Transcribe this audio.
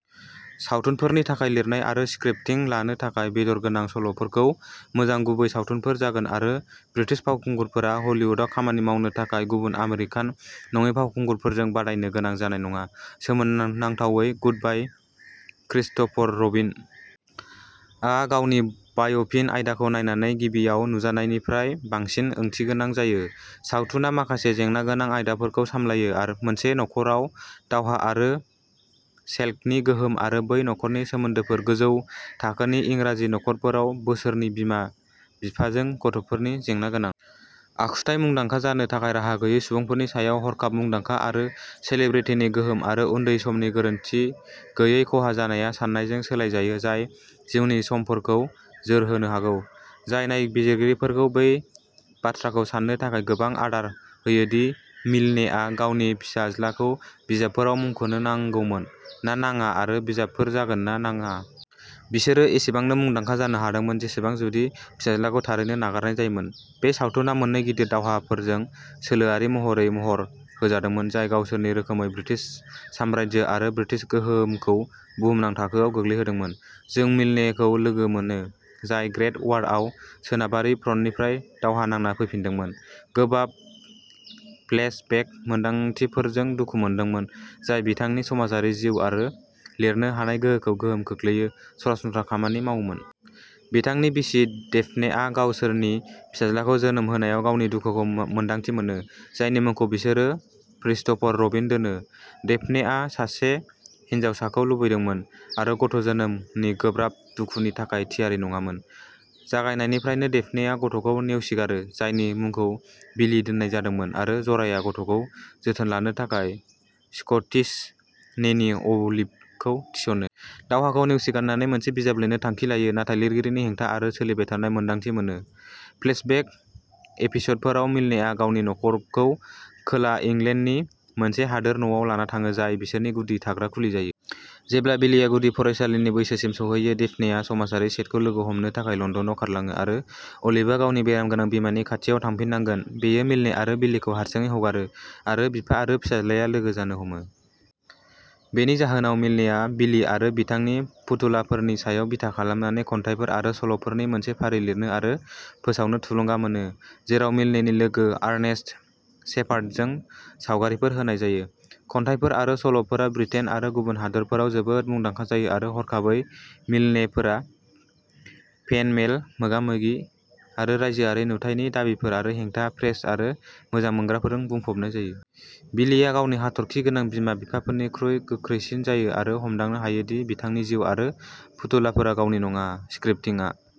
सावथुनफोरनि थाखाय लिरनाय आरो स्क्रिप्टिं लानो थाखाय, बेदर गोनां सल'फोरजों मोजां गुबै सावथुनफोर जागोन आरो ब्रिटिश फावखुंगुरफोरा हलिउदाव खामानि मावनो थाखाय गुबुन आमेरिकान नङि फावखुंगुरफोरजों बादायनो गोनां जानाय नङा। सोमोनां नांथावै, गुडबाय क्रिस्ट'फर रबिन आ गावनि बाय'पिक आयदाखौ नायनानै गिबियाव नुजानायनिख्रुइ बांसिन ओंथिगोनां जायो सावथुना माखासे जेंनागोनां आयदाफोरखौ सामलायो मोनसे नख'राव दावहा आरो सेलश'कनि गोहोम आरो बै नख'रनि सोमोन्दोफोर गोजौ थाखोनि इंराजि नखरफोराव बिसोरनि बिमा-बिफाजों गथ'फोरनि जेंनागोनां आखुथाय मुंदांखा जानो थाखाय राहा गैयै सुबुंफोरनि सायाव हरखाब मुंदांखा आरो सेलिब्रिटिनि गोहोम आरो उन्दै समनि गोरोनथि गैयै खहा जानाया सानायजों सोलाय जायो जाय जिउनि समफोरखौ जोरहोनो हागौ जाय नायगिरिफोरखौ बे बाथ्राखौ सान्नो थाखाय गोबां आदार होयो दि मिल्नेआ गावनि फिसाज्लाखौ बिजाबफोराव मुंख'नो नांगौमोन ना नाङा आरो बिजाबफोरा जागोन ना नाङा। बिसोरो एसेबांनो मुंदांखा जानो हादोंमोन जेसेबां जुदि फिसाज्लाखौ थारैनो नागारनाय जायोमोन। बे सावथुना मोननै गिदिर दावहाफोरजों सोलोआरि महरै महर होजादोंमोन, जाय गावसोरनि रोखोमै ब्रिटिश साम्रायजो आरो ब्रिटिश गोहोमखौ बुहुमनां थाखोआव गोग्लैहोदोंमोन। जों मिल्ने खौ लोगो मोनो, जाय ग्रेट वारआव सोनाबारि फ्रन्टनिफ्राय दावहा नांना फैफिनदोंमोन, गोब्राब फ्लेश बेक मोनदांथिफोरजों दुखु मोनदोंमोन जाय बिथांनि समाजारि जिउ आरो लिरनो हानाय गोहोखौ गोहोम खोख्लैयो, सरासनस्रा खामानि मावोमोन। बिथांनि बिसि डेफने आ गावसोरनि फिसाज्लाखौ जोनोम होनायाव गावनि दुखुखौ मोन्दांथि मोनो, जायनि मुंखौ बिसोरो क्रिस्ट'फर रबिन दोनो डेफनेआ सासे हिनजावखौ लुबैदोंमोन आरो गथ' जोनोमनि गोब्राब दुखुनि थाखाय थियारि नङामोन। जागायनायनिफ्रायनो डेफनेआ गथ'खौ नेवसिगारो, जायनि मुंखौ बिलि दोननाय जादोंमोन आरो जराया गथ'खौ जोथोन लानो थाखाय स्कटिस नेनी अलिभ खौ थिसनो। दावहाखौ नेवसिगारनानै मोनसे बिजाब लिरनो थांखि लायो, नाथाय लिरगिरिनि हेंथा आरो सोलिबाय थानाय मोन्दांथि मोनो। फ्लैश बेक एपिस'डफोराव, मिल्नेआ गावनि नखरखौ खोला इंलेन्डनि मोनसे हादोर न'आव लाना थाङो, जाय बिसोरनि गुदि थाग्रा खुलि जायो। जेब्ला बिलीया गुदि फरायसालिनि बैसोसिम सौहैयो, डेफनेआ समाजारि सेटखौ लोगो हमनो थाखाय लन्दनाव खारलाङो आरो अलिभआ गावनि बेराम गोनां बिमानि खाथियाव थांफिननांगोन बेयो मिल्ने आरो बिलीखौ हारसिङै हगारो आरो बिफा आरो फिसाज्लाया लोगो जानो हमो। बेनि जाहोनाव मिल्नेआ बिली आरो बिथांनि फुथुलाफोरनि सायाव बिथा खालामनानै खन्थाइफोर आरो सल'फोरनि मोनसे फारि लिरनो आरो फोसावनो थुलुंगा मोनो, जेराव मिल्नेनि लोगो आर्नेस्ट शेपार्ड जों सावगारिफोर होनाय जायो। खन्थाइफोर आरो सल'फोरा ब्रिटेन आरो गुबुन हादोरफोराव जोबोद मुंदांखा जायो आरो हरखाबै मिल्नेफोरा फेन मेल, मोगा-मोगि आरो रायजोआरि नुथायनि दाबिफोर आरो हेंथा प्रेस आरो मोजां मोनग्राफोरजों बुंफबनाय जायो। बिलीया गावनि हाथरखि गोनां बिमा-बिफाफोरनिख्रुइ गोख्रैसिन जायो आरो हमदांनो हायो दि बिथांनि जिउ आरो फुथुलाफोरा गावनि नङा। स्क्रिप्टिंआ